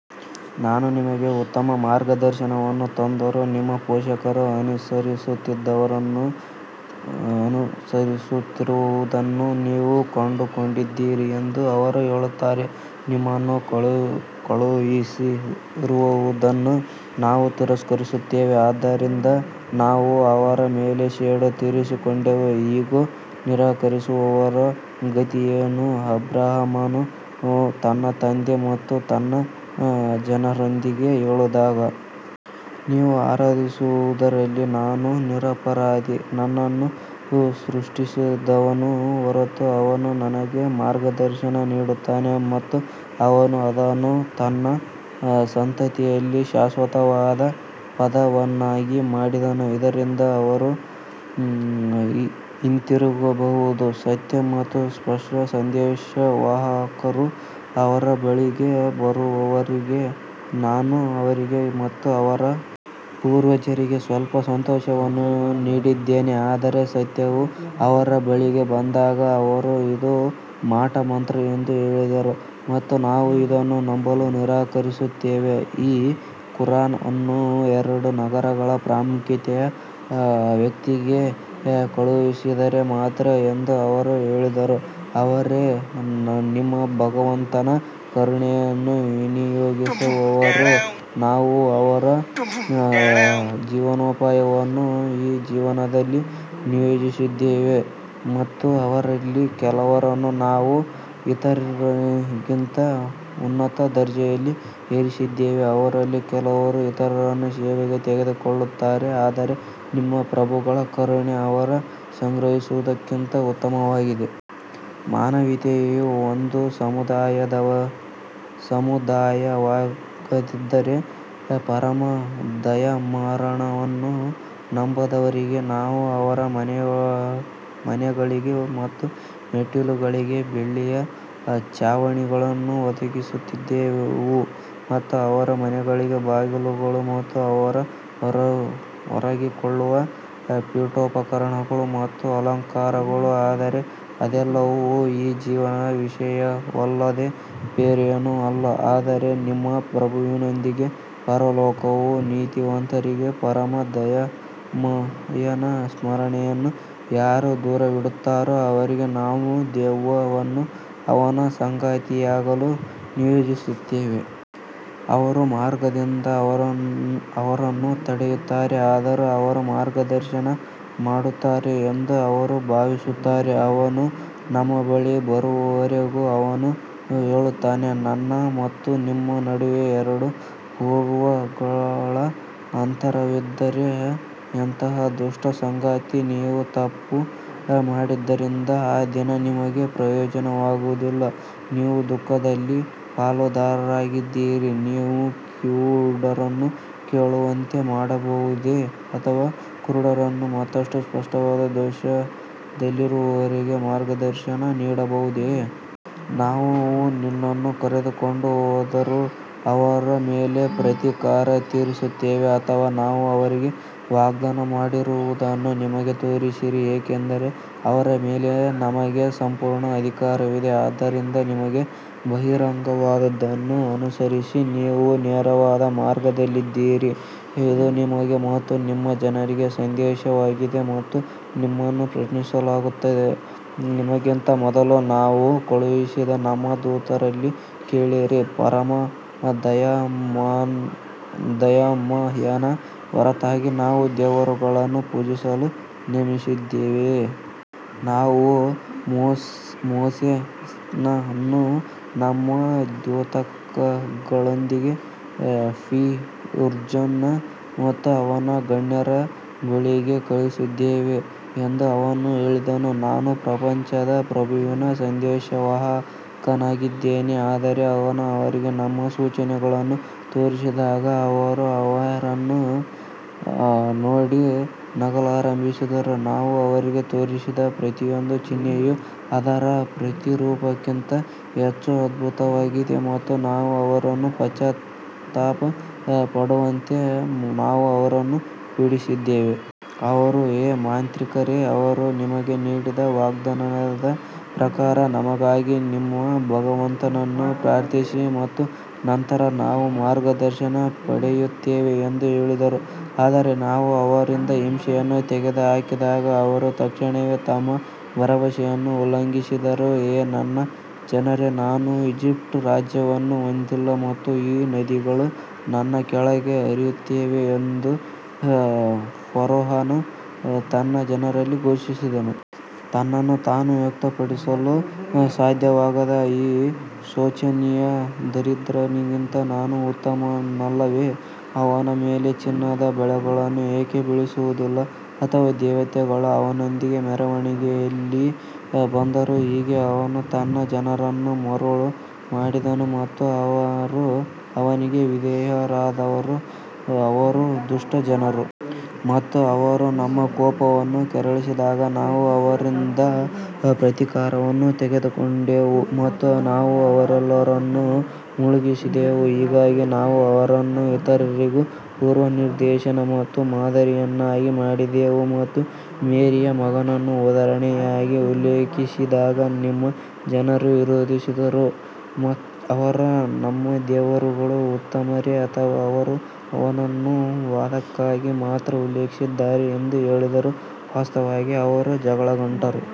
ನಾನು ನಿಮಗೆ ಉತ್ತಮ ಮಾರ್ಗದರ್ಶನವನ್ನು ತಂದರೂ, ನಿಮ್ಮ ಪೋಷಕರು ಅನುಸರಿಸುತ್ತಿರುವುದನ್ನು ನೀವು ಕಂಡುಕೊಂಡಿದ್ದೀರಿ ಎಂದು ಅವರು ಹೇಳುತ್ತಾರೆ, ನಿಮ್ಮನ್ನು ಕಳುಹಿಸಿರುವುದನ್ನು ನಾವು ತಿರಸ್ಕರಿಸುತ್ತೇವೆ. ಆದ್ದರಿಂದ ನಾವು ಅವರ ಮೇಲೆ ಸೇಡು ತೀರಿಸಿಕೊಂಡೆವು, ಇಗೋ, ನಿರಾಕರಿಸುವವರ ಗತಿಯೇನು ಅಬ್ರಹಾಮನು ತನ್ನ ತಂದೆ ಮತ್ತು ತನ್ನ ಜನರೊಂದಿಗೆ ಹೇಳಿದಾಗ ನೀವು ಆರಾಧಿಸುವುದರಲ್ಲಿ ನಾನು ನಿರಪರಾಧಿ ನನ್ನನ್ನು ಸೃಷ್ಟಿಸಿದವನ ಹೊರತು ಅವನು ನನಗೆ ಮಾರ್ಗದರ್ಶನ ನೀಡುತ್ತಾನೆ ಮತ್ತು ಅವನು ಅದನ್ನು ತನ್ನ ಸಂತತಿಯಲ್ಲಿ ಶಾಶ್ವತವಾದ ಪದವನ್ನಾಗಿ ಮಾಡಿದನು ಇದರಿಂದ ಅವರು ಹಿಂತಿರುಗಬಹುದು ಸತ್ಯ ಮತ್ತು ಸ್ಪಷ್ಟ ಸಂದೇಶವಾಹಕರು ಅವರ ಬಳಿಗೆ ಬರುವವರೆಗೆ ನಾನು ಅವರಿಗೆ ಮತ್ತು ಅವರ ಪೂರ್ವಜರಿಗೆ ಸ್ವಲ್ಪ ಸಂತೋಷವನ್ನು ನೀಡಿದ್ದೇನೆ ಆದರೆ ಸತ್ಯವು ಅವರ ಬಳಿಗೆ ಬಂದಾಗ ಅವರು ಇದು ಮಾಟಮಂತ್ರ ಎಂದು ಹೇಳಿದರು ಮತ್ತು ನಾವು ಇದನ್ನು ನಂಬಲು ನಿರಾಕರಿಸುತ್ತೇವೆ ಈ ಕುರಾನ್ ಅನ್ನು ಎರಡು ನಗರಗಳ ಪ್ರಾಮುಖ್ಯತೆಯ ವ್ಯಕ್ತಿಗೆ ಕಳುಹಿಸಿದರೆ ಮಾತ್ರ ಎಂದು ಅವರು ಹೇಳಿದರು ಅವರೇ ನಿಮ್ಮ ಭಗವಂತನ ಕರುಣೆಯನ್ನು ವಿನಿಯೋಗಿಸುವವರು ನಾವು ಅವರ ಜೀವನೋಪಾಯವನ್ನು ಈ ಜೀವನದಲ್ಲಿ ನಿಯೋಜಿಸಿದ್ದೇವೆ ಮತ್ತು ಅವರಲ್ಲಿ ಕೆಲವರನ್ನು ನಾವು ಇತರರಿಗಿಂತ ಉನ್ನತ ದರ್ಜೆಯಲ್ಲಿ ಏರಿಸಿದ್ದೇವೆ, ಅವರಲ್ಲಿ ಕೆಲವರು ಇತರರನ್ನು ಸೇವೆಗೆ ತೆಗೆದುಕೊಳ್ಳುತ್ತಾರೆ ಆದರೆ ನಿಮ್ಮ ಪ್ರಭುಗಳ ಕರುಣೆ ಅವರು ಸಂಗ್ರಹಿಸುವುದಕ್ಕಿಂತ ಉತ್ತಮವಾಗಿದೆ. ಮಾನವೀಯತೆಯು ಒಂದೇ ಸಮುದಾಯವಾಗದಿದ್ದರೆ, ಪರಮ ದಯಾಮರಣವನ್ನು ನಂಬದವರಿಗೆ ನಾವು ಅವರ ಮನೆಗಳಿಗೆ ಮತ್ತು ಮೆಟ್ಟಿಲುಗಳಿಗೆ ಬೆಳ್ಳಿಯ ಛಾವಣಿಗಳನ್ನು ಒದಗಿಸುತ್ತಿದ್ದೆವು. ಮತ್ತು ಅವರ ಮನೆಗಳಿಗೆ ಬಾಗಿಲುಗಳು ಮತ್ತು ಅವರು ಒರಗಿಕೊಳ್ಳುವ ಪೀಠೋಪಕರಣಗಳು ಮತ್ತು ಅಲಂಕಾರಗಳು ಆದರೆ ಅದೆಲ್ಲವೂ ಈ ಜೀವನದ ವಿಷಯವಲ್ಲದೆ ಬೇರೇನೂ ಅಲ್ಲ ಆದರೆ ನಿಮ್ಮ ಪ್ರಭುವಿನೊಂದಿಗೆ ಪರಲೋಕವು ನೀತಿವಂತರಿಗೆ ಪರಮ ದಯಾಮಯನ ಸ್ಮರಣೆಯನ್ನು ಯಾರು ದೂರವಿಡುತ್ತಾರೋ ಅವರಿಗೆ ನಾವು ದೆವ್ವವನ್ನು ಅವನ ಸಂಗಾತಿಯಾಗಲು ನಿಯೋಜಿಸುತ್ತೇವೆ. ಅವರು ಮಾರ್ಗದಿಂದ ಅವರನ್ನು ತಡೆಯುತ್ತಾರೆ, ಆದರೂ ಅವರು ಮಾರ್ಗದರ್ಶನ ಮಾಡುತ್ತಾರೆ ಎಂದು ಅವರು ಭಾವಿಸುತ್ತಾರೆ ಅವನು ನಮ್ಮ ಬಳಿಗೆ ಬರುವವರೆಗೂ ಅವನು ಹೇಳುತ್ತಾನೆ ನನ್ನ ಮತ್ತು ನಿಮ್ಮ ನಡುವೆ ಎರಡು ಪೂರ್ವಗಳ ಅಂತರವಿದ್ದರೆ ಎಂತಹ ದುಷ್ಟ ಸಂಗಾತಿ ನೀವು ತಪ್ಪು ಮಾಡಿದ್ದರಿಂದ ಆ ದಿನ ನಿಮಗೆ ಪ್ರಯೋಜನವಾಗುವುದಿಲ್ಲ, ನೀವು ದುಃಖದಲ್ಲಿ ಪಾಲುದಾರರಾಗಿದ್ದೀರಿ ನೀವು ಕಿವುಡರನ್ನು ಕೇಳುವಂತೆ ಮಾಡಬಹುದೇ ಅಥವಾ ಕುರುಡರನ್ನು ಮತ್ತು ಸ್ಪಷ್ಟವಾದ ದೋಷದಲ್ಲಿರುವವರಿಗೆ ಮಾರ್ಗದರ್ಶನ ನೀಡಬಹುದೇ? ನಾವು ನಿನ್ನನ್ನು ಕರೆದುಕೊಂಡು ಹೋದರೂ ಅವರ ಮೇಲೆ ಪ್ರತೀಕಾರ ತೀರಿಸುತ್ತೇವೆ ಅಥವಾ ನಾವು ಅವರಿಗೆ ವಾಗ್ದಾನ ಮಾಡಿರುವುದನ್ನು ನಿಮಗೆ ತೋರಿಸಿರಿ ಏಕೆಂದರೆ ಅವರ ಮೇಲೆ ನಮಗೆ ಸಂಪೂರ್ಣ ಅಧಿಕಾರವಿದೆ ಆದ್ದರಿಂದ ನಿಮಗೆ ಬಹಿರಂಗವಾದದ್ದನ್ನು ಅನುಸರಿಸಿ, ನೀವು ನೇರವಾದ ಮಾರ್ಗದಲ್ಲಿದ್ದೀರಿ ಇದು ನಿಮಗೆ ಮತ್ತು ನಿಮ್ಮ ಜನರಿಗೆ ಸಂದೇಶವಾಗಿದೆ ಮತ್ತು ನಿಮ್ಮನ್ನು ಪ್ರಶ್ನಿಸಲಾಗುತ್ತದೆ ನಿಮಗಿಂತ ಮೊದಲು ನಾವು ಕಳುಹಿಸಿದ ನಮ್ಮ ದೂತರಲ್ಲಿ ಕೇಳಿರಿ, ಪರಮ ದಯಾಮಯನ ಹೊರತಾಗಿ ನಾವು ದೇವರುಗಳನ್ನು ಪೂಜಿಸಲು ನೇಮಿಸಿದ್ದೇವೆಯೇ? ನಾವು ಮೋಸೆಸ್ನನ್ನು ನಮ್ಮ ದ್ಯೋತಕಗಳೊಂದಿಗೆ ಫಿರ್ಔನ್ ಮತ್ತು ಅವನ ಗಣ್ಯರ ಬಳಿಗೆ ಕಳುಹಿಸಿದ್ದೇವೆ ಎಂದು ಅವನು ಹೇಳಿದನು, ನಾನು ಪ್ರಪಂಚದ ಪ್ರಭುವಿನ ಸಂದೇಶವಾಹಕನಾಗಿದ್ದೇನೆ. ಆದರೆ ಅವನು ಅವರಿಗೆ ನಮ್ಮ ಸೂಚನೆಗಳನ್ನು ತೋರಿಸಿದಾಗ ಅವರು ಅವರನ್ನು ನೋಡಿ ನಗಲಾರಂಭಿಸಿದರು ನಾವು ಅವರಿಗೆ ತೋರಿಸಿದ ಪ್ರತಿಯೊಂದು ಚಿಹ್ನೆಯು ಅದರ ಪ್ರತಿರೂಪಕ್ಕಿಂತ ಹೆಚ್ಚು ಅದ್ಭುತವಾಗಿದೆ ಮತ್ತು ನಾವು ಅವರನ್ನು ಪಶ್ಚಾತ್ತಾಪ ಪಡುವಂತೆ ನಾವು ಅವರನ್ನು ಪೀಡಿಸಿದ್ದೇವೆ. ಅವರು ಓ ಮಾಂತ್ರಿಕರೇ, ಅವರು ನಿಮಗೆ ನೀಡಿದ ವಾಗ್ದಾನದ ಪ್ರಕಾರ ನಮಗಾಗಿ ನಿಮ್ಮ ಭಗವಂತನನ್ನು ಪ್ರಾರ್ಥಿಸಿ ಮತ್ತು ನಂತರ ನಾವು ಮಾರ್ಗದರ್ಶನ ಪಡೆಯುತ್ತೇವೆ ಎಂದು ಹೇಳಿದರು. ಆದರೆ ನಾವು ಅವರಿಂದ ಹಿಂಸೆಯನ್ನು ತೆಗೆದುಹಾಕಿದಾಗ ಅವರು ತಕ್ಷಣವೇ ತಮ್ಮ ಭರವಸೆಯನ್ನು ಉಲ್ಲಂಘಿಸಿದರು ಓ ನನ್ನ ಜನರೇ ನಾನು ಈಜಿಪ್ಟ್ ರಾಜ್ಯವನ್ನು ಹೊಂದಿಲ್ಲ ಮತ್ತು ಈ ನದಿಗಳು ನನ್ನ ಕೆಳಗೆ ಹರಿಯುತ್ತವೆ ಎಂದು ಫರೋಹನು ತನ್ನ ಜನರಲ್ಲಿ ಘೋಷಿಸಿದನು. ತನ್ನನ್ನು ತಾನು ವ್ಯಕ್ತಪಡಿಸಲು ಸಾಧ್ಯವಾಗದ ಈ ಶೋಚನೀಯ ದರಿದ್ರನಿಗಿಂತ ನಾನು ಉತ್ತಮನಲ್ಲವೇ? ಅವನ ಮೇಲೆ ಚಿನ್ನದ ಬಳೆಗಳನ್ನು ಏಕೆ ಬೀಳಿಸುವುದಿಲ್ಲ ಅಥವಾ ದೇವತೆಗಳು ಅವನೊಂದಿಗೆ ಮೆರವಣಿಗೆಯಲ್ಲಿ ಬಂದರು ಹೀಗೆ ಅವನು ತನ್ನ ಜನರನ್ನು ಮರುಳು ಮಾಡಿದನು ಮತ್ತು ಅವರು ಅವನಿಗೆ ವಿಧೇಯರಾದರು ಅವರು ದುಷ್ಟ ಜನರು ಮತ್ತು ಅವರು ನಮ್ಮ ಕೋಪವನ್ನು ಕೆರಳಿಸಿದಾಗ ನಾವು ಅವರಿಂದ ಪ್ರತೀಕಾರವನ್ನು ತೆಗೆದುಕೊಂಡೆವು ಮತ್ತು ನಾವು ಅವರೆಲ್ಲರನ್ನು ಮುಳುಗಿಸಿದೆವು ಹೀಗಾಗಿ ನಾವು ಅವರನ್ನು ಇತರರಿಗೆ ಪೂರ್ವನಿದರ್ಶನ ಮತ್ತು ಮಾದರಿಯನ್ನಾಗಿ ಮಾಡಿದೆವು ಮತ್ತು ಮೇರಿಯ ಮಗನನ್ನು ಉದಾಹರಣೆಯಾಗಿ ಉಲ್ಲೇಖಿಸಿದಾಗ ನಿಮ್ಮ ಜನರು ವಿರೋಧಿಸಿದರು ಅವರು ನಮ್ಮ ದೇವರುಗಳು ಉತ್ತಮರೇ ಅಥವಾ ಅವರು ಅವನನ್ನು ವಾದಕ್ಕಾಗಿ ಮಾತ್ರ ಉಲ್ಲೇಖಿಸಿದ್ದಾರೆ ಎಂದು ಹೇಳಿದರು, ವಾಸ್ತವವಾಗಿ ಅವರು ಜಗಳಗಂಟರು.